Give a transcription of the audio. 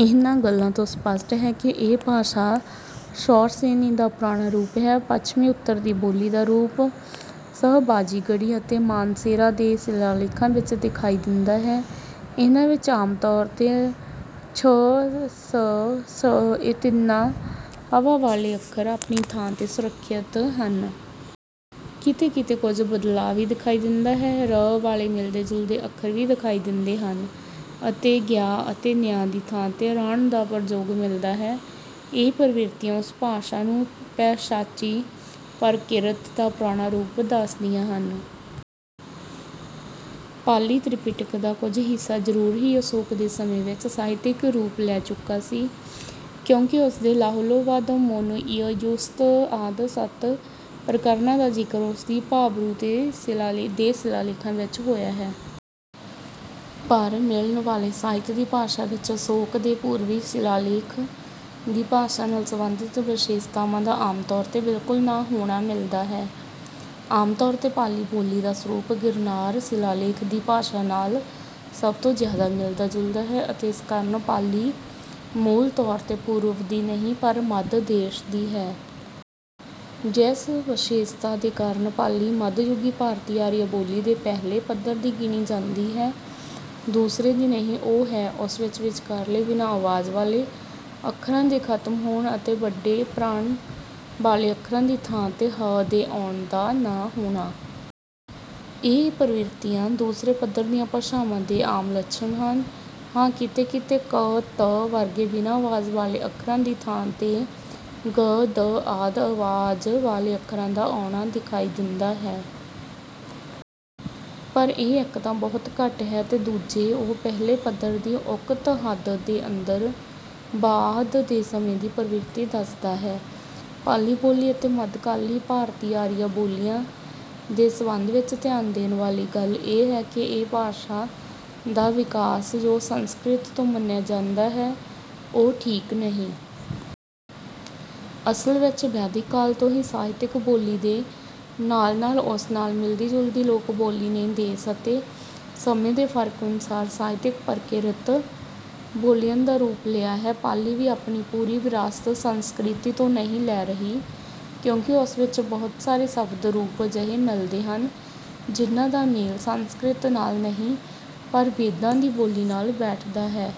ਇਨ੍ਹਾਂ ਗੱਲਾਂ ਤੋਂ ਸਪੱਸ਼ਟ ਹੈ ਕਿ ਇਹ ਭਾਸ਼ਾ ਸ਼ੌਰਸੇਨੀ ਦਾ ਪੁਰਾਣਾ ਰੂਪ ਹੈ। ਪੱਛਮੀ ਉੱਤਰ ਦੀ ਬੋਲੀ ਦਾ ਰੂਪ ਸ਼ਹਬਾਜਗੜੀ ਅਤੇ ਮਾਨਸੇਰਾ ਦੇ ਸ਼ਿਲਾਲੇਖਾਂ ਵਿੱਚ ਦਿਖਾਈ ਦਿੰਦਾ ਹੈ। ਇਨ੍ਹਾਂ ਵਿੱਚ ਆਮ ਤੌਰ ਤੇ ਸ਼ ਸ਼ ਸ ਇਹ ਤਿੰਨਾਂ ਹਵਾ ਵਾਲੇ ਅੱਖਰ ਆਪਣੀ ਥਾਂ ਤੇ ਸੁਰੱਖਿਅਤ ਹਨ। ਕਿਤੇ ਕਿਤੇ ਕੁੱਝ ਬਦਲਾਅ ਵੀ ਦਿਖਾਈ ਦਿੰਦਾ ਹੈ। ਰ ਵਾਲੇ ਮਿਲਦੇ ਜੁਲਦੇ ਅੱਖਰ ਵੀ ਦਿਖਾਈ ਦਿੰਦੇ ਹਨ ਅਤੇ ਗਿਆ ਅਤੇ ਨਿਆ ਦੀ ਥਾਂ ਤੇ ਰਣ ਦਾ ਪ੍ਰਯੋਗ ਮਿਲਦਾ ਹੈ। ਇਹ ਪ੍ਰਵਿਰਤੀਆਂ ਉਸ ਭਾਸ਼ਾ ਨੂੰ ਪੈਸ਼ਾਚੀ ਪ੍ਰਾਕ੍ਰਿਤ ਦਾ ਪੁਰਾਣਾ ਰੂਪ ਦੱਸਦੀਆਂ ਹਨ। ਪਾਲੀ ਤ੍ਰਿਪਿਟਕ ਦਾ ਕੁੱਝ ਹਿੱਸਾ ਜਰੂਰ ਹੀ ਅਸ਼ੋਕ ਦੇ ਸਮੇਂ ਵਿੱਚ ਸਾਹਿਤਕ ਰੂਪ ਲੈ ਚੁੱਕਾ ਸੀ ਕਿਉਂਕਿ ਉਸ ਦੇ ਲਾਹੁਲੋਵਾਦ ਮੋਨੇਇਯਸੁੱਤ ਆਦਿ ਸੱਤ ਪ੍ਰਕਰਣਾਂ ਦਾ ਜ਼ਿਕਰ ਉਸਦੀ ਭਾਬਰੂ ਦੇ ਸ਼ਿਲਾਲੇਖ ਵਿੱਚ ਹੋਇਆ ਹੈ। ਪਰ ਮਿਲਣ ਵਾਲੇ ਸਾਹਿਤ ਦੀ ਭਾਸ਼ਾ ਵਿੱਚ ਅਸ਼ੋਕ ਦੇ ਪੂਰਬੀ ਸ਼ਿਲਾਲੇਖ ਦੀ ਭਾਸ਼ਾ ਨਾਲ ਸਬੰਧਿਤ ਵਿਸ਼ੇਸ਼ਤਾਵਾਂ ਦਾ ਆਮ ਤੌਰ ਤੇ ਬਿਲਕੁਲ ਨਾ ਹੋਣਾ ਮਿਲਦਾ ਹੈ। ਆਮ ਤੌਰ ਤੇ ਪਾਲੀ ਬੋਲੀ ਦਾ ਸਰੂਪ ਗਿਰਨਾਰ ਸ਼ਿਲਾਲੇਖ ਦੀ ਭਾਸ਼ਾ ਨਾਲ ਸਭ ਤੋਂ ਜਿਆਦਾ ਮਿਲਦਾ ਜੁਲਦਾ ਹੈ ਅਤੇ ਇਸ ਕਾਰਨ ਪਾਲੀ ਮੂਲ ਤੌਰ ਤੇ ਪੂਰਬ ਦੀ ਨਹੀਂ ਪਰ ਮੱਧ ਦੇਸ਼ ਦੀ ਹੈ। ਜਿਸ ਵਿਸ਼ੇਸ਼ਤਾ ਦੇ ਕਾਰਨ ਪਾਲੀ ਮਧਯੁਗੀ ਭਾਰਤੀ ਆਰੀਆ ਬੋਲੀ ਦੇ ਪਹਿਲੇ ਪੱਧਰ ਦੀ ਗਿਣੀ ਜਾਂਦੀ ਹੈ ਦੂਸਰੇ ਦੀ ਨਹੀਂ ਉਹ ਹੈ ਉਸ ਵਿੱਚ ਵਿਚਕਾਰਲੇ ਬਿਨਾਂ ਆਵਾਜ਼ ਵਾਲੇ ਅੱਖਰਾਂ ਦੇ ਖਤਮ ਹੋਣ ਅਤੇ ਵੱਡੇ ਪ੍ਰਾਣ ਵਾਲੇ ਅੱਖਰਾਂ ਦੀ ਥਾਂ ਤੇ ਹ ਦੇ ਆਉਣ ਦਾ ਨਾ ਹੋਣਾ। ਇਹ ਪ੍ਰਵਿਰਤੀਆਂ ਦੂਸਰੇ ਪੱਧਰ ਦੀਆਂ ਭਾਸ਼ਾਵਾਂ ਦੇ ਆਮ ਲੱਛਣ ਹਨ। ਹਾਂ ਕਿਤੇ ਕਿਤੇ ਕ ਤ ਵਰਗੇ ਬਿਨਾਂ ਆਵਾਜ਼ ਵਾਲੇ ਅੱਖਰਾਂ ਦੀ ਥਾਂ ਤੇ ਗ ਦ ਆਦਿ ਆਵਾਜ਼ ਵਾਲੇ ਅੱਖਰਾਂ ਦਾ ਆਉਣਾ ਦਿਖਾਈ ਦਿੰਦਾ ਹੈ। ਪਰ ਇਹ ਇੱਕ ਤਾਂ ਬਹੁਤ ਘੱਟ ਹੈ ਤੇ ਦੂਜੇ ਉਹ ਪਹਿਲੇ ਪੱਧਰ ਦੀ ਉਕਤ ਹੱਦ ਦੇ ਅੰਦਰ ਬਾਅਦ ਦੇ ਸਮੇਂ ਦੀ ਪ੍ਰਵਿਰਤੀ ਦੱਸਦਾ ਹੈ। ਪਾਲੀ ਬੋਲੀ ਅਤੇ ਮੱਧਕਾਲੀ ਭਾਰਤੀ ਆਰੀਆ ਬੋਲੀਆਂ ਦੇ ਸੰਬੰਧ ਵਿੱਚ ਧਿਆਨ ਦੇਣ ਵਾਲੀ ਗੱਲ ਇਹ ਹੈ ਕਿ ਇਹ ਭਾਸ਼ਾ ਦਾ ਵਿਕਾਸ ਜੋ ਸੰਸਕ੍ਰਿਤ ਤੋਂ ਮੰਨਿਆ ਜਾਂਦਾ ਹੈ ਉਹ ਠੀਕ ਨਹੀਂ। ਅਸਲ ਵਿੱਚ ਵੈਦਿਕ ਕਾਲ ਤੋਂ ਹੀ ਸਾਹਿਤਕ ਬੋਲੀ ਦੇ ਨਾਲ ਨਾਲ ਉਸ ਨਾਲ ਮਿਲਦੀ ਜੁਲਦੀ ਲੋਕ ਬੋਲੀ ਨੇ ਦੇਸ਼ ਅਤੇ ਸਮੇਂ ਦੇ ਫਰਕ ਅਨੁਸਾਰ ਸਾਹਿਤਕ ਪ੍ਰਾਕ੍ਰਿਤ ਬੋਲੀਆਂ ਦਾ ਰੂਪ ਲਿਆ ਹੈ। ਪਾਲੀ ਵੀ ਆਪਣੀ ਪੂਰੀ ਵਿਰਾਸਤ ਸੰਸਕ੍ਰਿਤ ਤੋਂ ਨਹੀਂ ਲੈ ਰਹੀ ਕਿਉਂਕਿ ਉਸ ਵਿੱਚ ਬਹੁਤ ਸਾਰੇ ਸ਼ਬਦ ਰੂਪ ਅਜਿਹੇ ਮਿਲਦੇ ਹਨ ਜਿਨ੍ਹਾਂ ਦਾ ਮੇਲ ਸੰਸਕ੍ਰਿਤ ਨਾਲ ਨਹੀਂ ਪਰ ਵੇਦਾਂ ਦੀ ਬੋਲੀ ਨਾਲ ਬੈਠਦਾ ਹੈ।